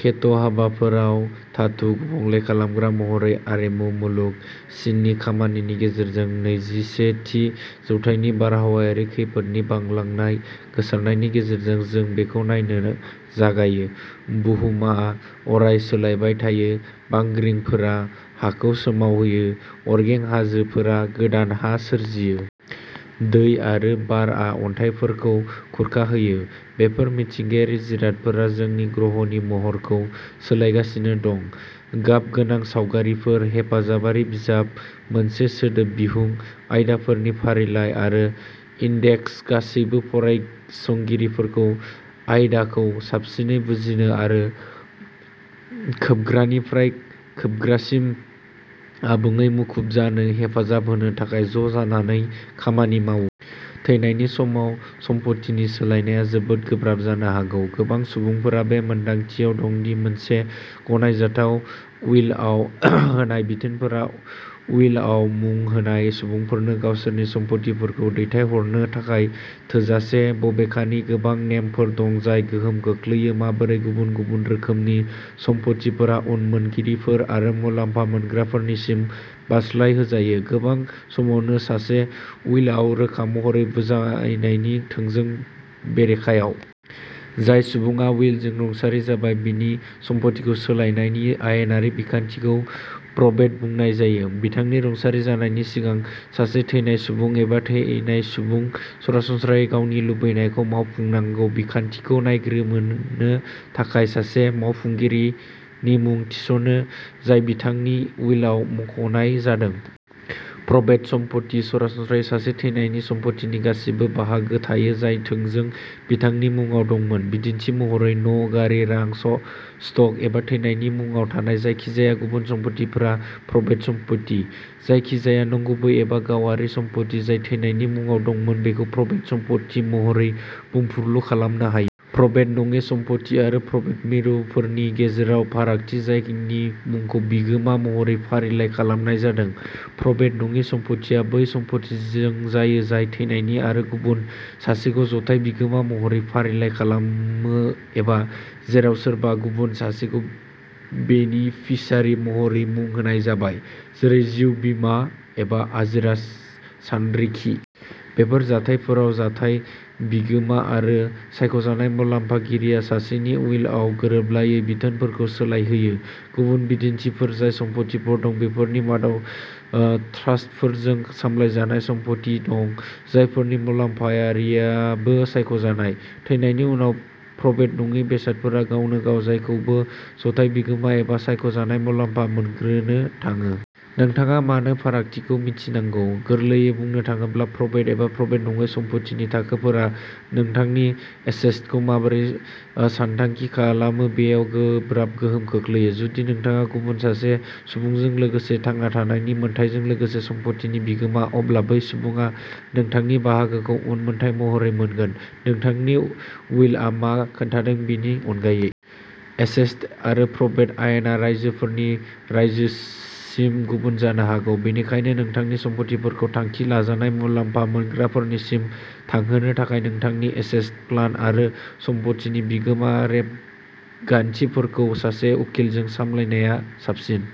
घेट' हाफोराव धातु गुबुंले खालामग्रा महरै आरिमु मुलुग। चिननि खामानिनि गेजेरजों, नैजिसे थि जौथाइनि बारहावायारि खैफोदनि बांलांनाय गोसारनायनि गेजेरजों, जों बेखौ नायनो जागायो। बुहुमआ अराय सोलायबाय थायो। बांग्रिफोरा हाखौ सोमावहोयो। अरगें हाजोफोरा गोदान हा सोरजियो। दै आरो बारआ अन्थाइफोरखौ खुरखाहोयो। बेफोर मिथिंगायारि जिरादफोरा जोंनि ग्रहनि महरखौ सोलायगासिनो दं। गाबगोनां सावगारिफोर, हेफाजाबारि बिजाब, मोनसे सोदोब बिहुं, आयदाफोरनि फारिलाइ आरो इन्डेक्स गासैबो फरायसंगिरिफोरखौ आयदाखौ साबसिनै बुजिनो आरो खोबग्रानिफ्राय खोबग्रासिम आबुङै मुखुब जानो हेफाजाब होनो थाखाय ज' जानानै खामानि मावो। थैनायनि समाव सम्पथिनि सोलायनाया जोबोद गोब्राब जानो हागौ। गोबां सुबुंफोरा बे मोनदांथियाव दं दि मोनसे गनायजाथाव उइलआव होनाय बिथोनफोरा उइलआव मुं होनाय सुबुंफोरनो गावसोरनि सम्पथिफोरखौ दैथायहरनो थाखाय थोजासे। बबेखानि, गोबां नेमफोर दं जाय गोहोम खोख्लैयो माबोरै गुबुन-गुबुन रोखोमनि सम्पथिफोरा उनमोनगिरिफोर आरो मुलाम्फा मोनग्राफोरनिसिम बारस्लायहोजायो, गोबां समावनो सासेनि उइलआव रोखा महरै बुंजानायनि थोंजों बेरेखायाव। जाय सुबुङा उइलजों रुंसारि जाबाय, बिनि सम्फथिखौ सामलायनायनि आयेनारि बिखान्थिखौ प्रबेट बुंनाय जायो। बिथांनि रुंसारि जानायनि सिगां, सासे थैनाय सुबुं एबा थैनाय सुबुं, सरासनस्रायै गावनि लुबैनायखौ मावफुंनांगौ बिखान्थिखौ नायग्रोमनो थाखाय सासे मावफुंगिरिनि मुं थिसनो, जाय बिथांनि उइलआव मख'नाय जादों। प्रबेट सम्पथि, सरासनस्रायै सासे थैनायनि सम्पथिनि गासिबो बाहागो थायो जाय थोंजों बिथांनि मुङाव दंमोन। बिदिन्थि महरै, न', गारि, रां, स्टक एबा थैनायनि मुंआव थानाय जायखिजाया गुबुन सम्फथिया प्रबेट सम्पथि। जायखिजाया नंगुबै एबा गावारि सम्पथि जाय थैनायनि मुंआव दंमोन, बेखौ प्रबेट सम्पथि महरै बुंफुरलु खालामनो हायो। प्रबेट नङि सम्पथि आरो प्रबेट मिरुफोरनि गेजेराव फारागथि जायनि मुंखौ बिगोमा महरै फारिलाइ खालामनाय जादों। प्रबेट नङि सम्पथिआ बै सम्पथिजों जायो जाय थैनायनि आरो गुबुन सासेखौ जथाय बिगोमा महरै फारिलाइ खालामो एबा जेराव सोरबा गुबुन सासेखौ बेनिफिसारि महरै मुं होनाय जाबाय, जेरै जिउ बीमा एबा आजिरा सानरिखि। बेफोर जाथायफोराव, जथाय बिगोमा आरो सायख'जानाय मुलाम्फागिरिया सासेनि उइलआव गोरोबलायै बिथोनफोरखौ सोलायहोयो। गुबुन बिदिन्थिफोर जाय सम्फथिफोर दं, बेफोरनि मादाव ट्रास्टफोरजों सामलायजानाय सम्फथि दं, जायफोरनि मुलाम्फागिरियाबो सायख'जानाय। थैनायनि उनाव, प्रबेट नङि बेसादफोरा गावनो गाव जायखौबो जथाय बिगोमा एबा सायख' जानाय मुलाम्फा मोनग्रानो थाङो। नोंथाङा मानो फारागथिखौ मिथिनांगौ? गोरलैयै बुंनो थाङोब्ला, प्रबेट आरो प्रबेट नङै सम्पथिनि थाखोफोरा नोंथांनि एस्टेटखौ माबोरै सानथांखि खालामो बेयाव गोब्राब गोहोम खोख्लैगोन। जुदि नोंथाङा गुबुन सासे सुबुंजों लोगोसे थांना थानायनि मोन्थाइजों लोगोसे सम्पथिनि बिगोमा, अब्ला बै सुबुङा नोंथांनि बाहागोखौ उनमोनथाइ महरै मोनगोन, नोंथांनि उइलआव मा खोन्थादों बेनि अनगायै। एस्टेट आरो प्रबेट आयेना रायजोनिफ्राय रायजोसिम गुबुन जानो हागौ, बेनिखायनो नोंथांनि सम्पथिफोरखौ थांखि लाजानाय मुलाम्फा मोनग्राफोरनिसिम थांहोनो थाखाय नोंथांनि एस्टेट प्लान आरो सम्पथिनि बिगोमा रेबगान्थिफोरखौ सासे उखिलजों सामलायनाया साबसिन।